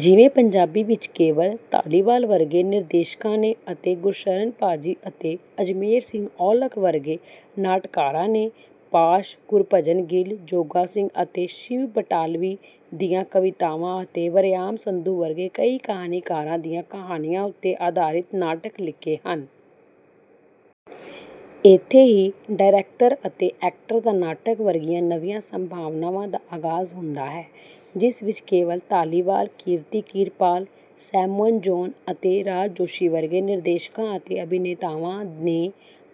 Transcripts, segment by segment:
ਜਿਵੇਂ ਪੰਜਾਬੀ ਵਿੱਚ ਕੇਵਲ ਧਾਲੀਵਾਲ ਵਰਗੇ ਨਿਰਦੇਸ਼ਕਾਂ ਨੇ, ਅਤੇ ਗੁਰਸ਼ਰਨ ਭਾ ਜੀ ਅਤੇ ਅਜਮੇਰ ਸਿੰਘ ਔਲਖ ਵਰਗੇ ਨਾਟਕਾਰਾਂ ਨੇ, ਪਾਸ਼, ਗੁਰਭਜਨ ਗਿਲ, ਜੋਗਾ ਸਿੰਘ ਅਤੇ ਸ਼ਿਵ ਬਟਾਲਵੀ ਦੀਆਂ ਕਵਿਤਾਵਾਂ, ਅਤੇ ਵਰਿਆਮ ਸੰਧੂ ਵਰਗੇ ਕਈ ਕਹਾਣੀਕਾਰਾਂ ਦੀਆਂ ਕਹਾਣੀਆਂ ਉੱਤੇ ਆਧਾਰਿਤ ਨਾਟਕ ਲਿਖੇ ਹਨ। ਇੱਥੇ ਹੀ ਡਾਇਰੈਕਟਰ ਅਤੇ ਐਕਟਰ ਦਾ ਨਾਟਕ ਵਰਗੀਆਂ ਨਵੀਆਂ ਸੰਭਾਵਨਾਵਾਂ ਦਾ ਆਗਾਜ਼ ਹੁੰਦਾ ਹੈ। ਜਿਸ ਵਿੱਚ ਕੇਵਲ ਧਾਲੀਵਾਲ, ਕੀਰਤੀ ਕਿਰਪਾਲ, ਸੈਮੂਅਲ ਜੌਨ ਅਤੇ ਰਾਜ ਜੋਸ਼ੀ ਵਰਗੇ ਨਿਰਦੇਸ਼ਕਾਂ ਅਤੇ ਅਭਿਨੇਤਾਵਾਂ ਨੇ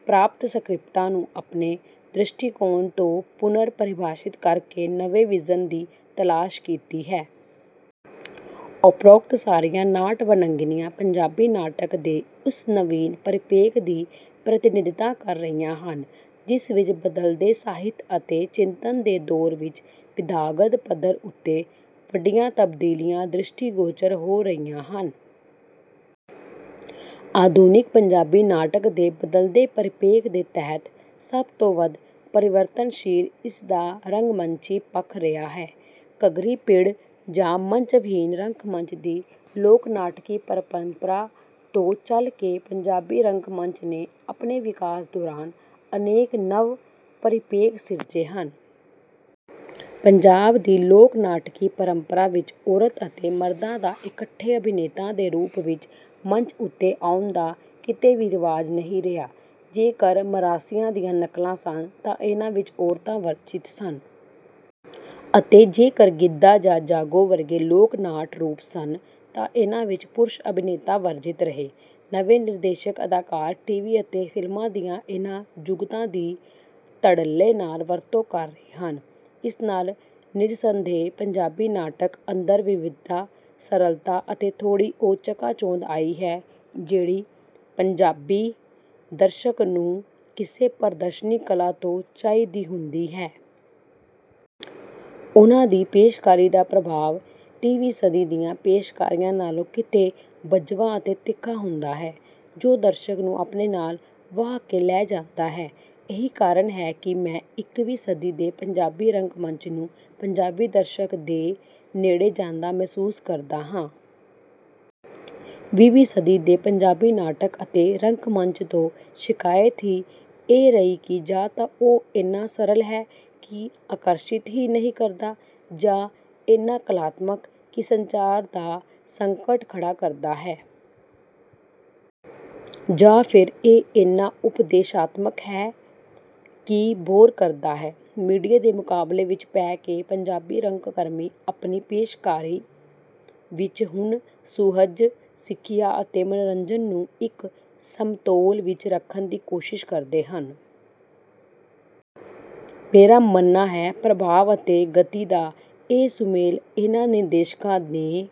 ਪ੍ਰਾਪਤ ਸਕ੍ਰਿਪਟਾਂ ਨੂੰ ਆਪਣੇ ਦ੍ਰਿਸ਼ਟੀਕੋਣ ਤੋਂ ਪੁਨਰ ਪਰਿਭਾਸ਼ਿਤ ਕਰਕੇ ਨਵੇਂ ਵਿਜ਼ਨ ਦੀ ਤਲਾਸ਼ ਕੀਤੀ ਹੈ। ਉਪਰੋਕਤ ਸਾਰੀਆਂ ਨਾਟ ਵੰਨਗੀਆਂ ਪੰਜਾਬੀ ਨਾਟਕ ਦੇ ਉਸ ਨਵੀਨ ਪਰਿਪੇਖ ਦੀ ਪ੍ਰਤੀਨਿਧਤਾ ਕਰ ਰਹੀਆਂ ਹਨ, ਜਿਸ ਵਿੱਚ ਬਦਲਦੇ ਸਾਹਿਤ ਅਤੇ ਚਿੰਤਨ ਦੇ ਦੌਰ ਵਿੱਚ ਵਿਧਾਗਤ ਪੱਧਰ ਉੱਤੇ ਵੱਡੀਆਂ ਤਬਦੀਲੀਆਂ ਦ੍ਰਿਸ਼ਟੀਗੋਚਰ ਹੋ ਰਹੀਆਂ ਹਨ। ਆਧੁਨਿਕ ਪੰਜਾਬੀ ਨਾਟਕ ਦੇ ਬਦਲਦੇ ਪਰਿਪੇਖ ਦੇ ਤਹਿਤ ਸਭ ਤੋਂ ਵੱਧ ਪਰਿਵਰਤਨਸ਼ੀਲ ਇਸ ਦਾ ਰੰਗਮੰਚੀ ਪੱਖ ਰਿਹਾ ਹੈ। ਘੱਗਰੀ ਪਿੜ ਜਾਂ ਮੰਚ ਵਿਹੀਨ ਰੰਗਮੰਚ ਦੀ ਲੋਕਨਾਟਕੀ ਪਰੰਪਰਾ ਤੋਂ ਚੱਲ ਕੇ ਪੰਜਾਬੀ ਰੰਗਮੰਚ ਨੇ ਆਪਣੇ ਵਿਕਾਸ ਦੌਰਾਨ ਅਨੇਕ ਨਵ-ਪਰਿਪੇਖ ਸਿਰਜੇ ਹਨ। ਪੰਜਾਬ ਦੀ ਲੋਕ ਨਾਟਕੀ ਪਰੰਪਰਾ ਵਿੱਚ ਔਰਤ ਅਤੇ ਮਰਦਾਂ ਦਾ ਇਕੱਠੇ ਅਭਿਨੇਤਾ ਦੇ ਰੂਪ ਵਿੱਚ ਮੰਚ ਉੱਤੇ ਆਉਣ ਦਾ ਕਿਤੇ ਵੀ ਰਿਵਾਜ਼ ਨਹੀਂ ਰਿਹਾ। ਜੇਕਰ ਮਰਾਸੀਆਂ ਦੀਆਂ ਨਕਲਾਂ ਸਨ, ਤਾਂ ਇਹਨਾਂ ਵਿੱਚ ਔਰਤਾਂ ਵਰਜਿਤ ਸਨ। ਅਤੇ ਜੇਕਰ ਗਿੱਧਾ ਜਾਂ ਜਾਗੋ ਵਰਗੇ ਲੋਕ-ਨਾਟ ਰੂਪ ਸਨ, ਤਾਂ ਇਹਨਾਂ ਵਿੱਚ ਪੁਰਸ਼ ਅਭਿਨੇਤਾ ਵਰਜਿਤ ਰਹੇ। ਨਵੇਂ ਨਿਰਦੇਸ਼ਕ-ਅਦਾਕਾਰ ਟੀਵੀ ਅਤੇ ਫਿਲਮਾਂ ਦੀਆਂ ਇਹਨਾਂ ਜੁਗਤਾਂ ਦੀ ਧੜੱਲੇ ਨਾਲ ਵਰਤੋਂ ਕਰ ਰਹੇ ਹਨ। ਇਸ ਨਾਲ ਨਿਰਸੰਦੇਹ ਪੰਜਾਬੀ ਨਾਟਕ ਅੰਦਰ ਵਿਵਿਧਤਾ, ਸਰਲਤਾ ਅਤੇ ਥੋੜ੍ਹੀ ਉਹ ਚਕਾਚੌਂਧ ਆਈ ਹੈ, ਜਿਹੜੀ ਪੰਜਾਬੀ ਦਰਸ਼ਕ ਨੂੰ ਕਿਸੇ ਪ੍ਰਦਰਸ਼ਨੀ ਕਲਾ ਤੋਂ ਚਾਹੀਦੀ ਹੁੰਦੀ ਹੈ। ਉਨ੍ਹਾਂ ਦੀ ਪੇਸ਼ਕਾਰੀ ਦਾ ਪ੍ਰਭਾਵ ਵੀਹਵੀਂ ਸਦੀ ਦੀਆਂ ਪੇਸ਼ਕਾਰੀਆਂ ਨਾਲੋਂ ਕਿਤੇ ਬੱਝਵਾਂ ਅਤੇ ਤਿੱਖਾ ਹੁੰਦਾ ਹੈ, ਜੋ ਦਰਸ਼ਕ ਨੂੰ ਆਪਣੇ ਨਾਲ ਵਹਾ ਕੇ ਲੈ ਜਾਂਦਾ ਹੈ। ਇਹੀ ਕਾਰਨ ਹੈ ਕਿ ਮੈਂ ਇੱਕੀਵੀਂ ਸਦੀ ਦੇ ਪੰਜਾਬੀ ਰੰਗਮੰਚ ਨੂੰ ਪੰਜਾਬੀ ਦਰਸ਼ਕ ਦੇ ਨੇੜੇ ਜਾਂਦਾ ਮਹਿਸੂਸ ਕਰਦਾ ਹਾਂ। ਵੀਹਵੀਂ ਸਦੀ ਦੇ ਪੰਜਾਬੀ ਨਾਟਕ ਅਤੇ ਰੰਗਮੰਚ ਤੋਂ ਸ਼ਿਕਾਇਤ ਹੀ ਇਹ ਰਹੀ ਕਿ ਜਾਂ ਤਾਂ ਉਹ ਇੰਨਾ ਸਰਲ ਹੈ ਕਿ ਆਕਰਸ਼ਿਤ ਹੀ ਨਹੀਂ ਕਰਦਾ। ਜਾਂ ਇੰਨਾ ਕਲਾਤਮਕ ਕਿ ਸੰਚਾਰ ਦਾ ਸੰਕਟ ਖੜਾ ਕਰਦਾ ਹੈ। ਜਾਂ ਫਿਰ ਇਹ ਇੰਨਾ ਉਪਦੇਸ਼ਾਤਮਕ ਹੈ ਕਿ ਬੋਰ ਕਰਦਾ ਹੈ। ਮੀਡੀਏ ਦੇ ਮੁਕਾਬਲੇ ਵਿੱਚ ਪੈ ਕੇ ਪੰਜਾਬੀ ਰੰਗਕਰਮੀ ਆਪਣੀ ਪੇਸ਼ਕਾਰੀ ਵਿੱਚ ਹੁਣ ਸੁਹਜ, ਸਿੱਖਿਆ ਅਤੇ ਮਨੋਰੰਜਨ ਨੂੰ ਇੱਕ ਸਮਤੋਲ ਵਿੱਚ ਰੱਖਣ ਦੀ ਕੋਸ਼ਿਸ਼ ਕਰਦੇ ਹਨ। ਮੇਰਾ ਮੰਨਣਾ ਹੈ, ਪ੍ਰਭਾਵ ਅਤੇ ਗਤੀ ਦਾ ਇਹ ਸੁਮੇਲ ਇਹਨਾਂ ਨਿਰਦੇਸ਼ਕਾਂ ਨੇ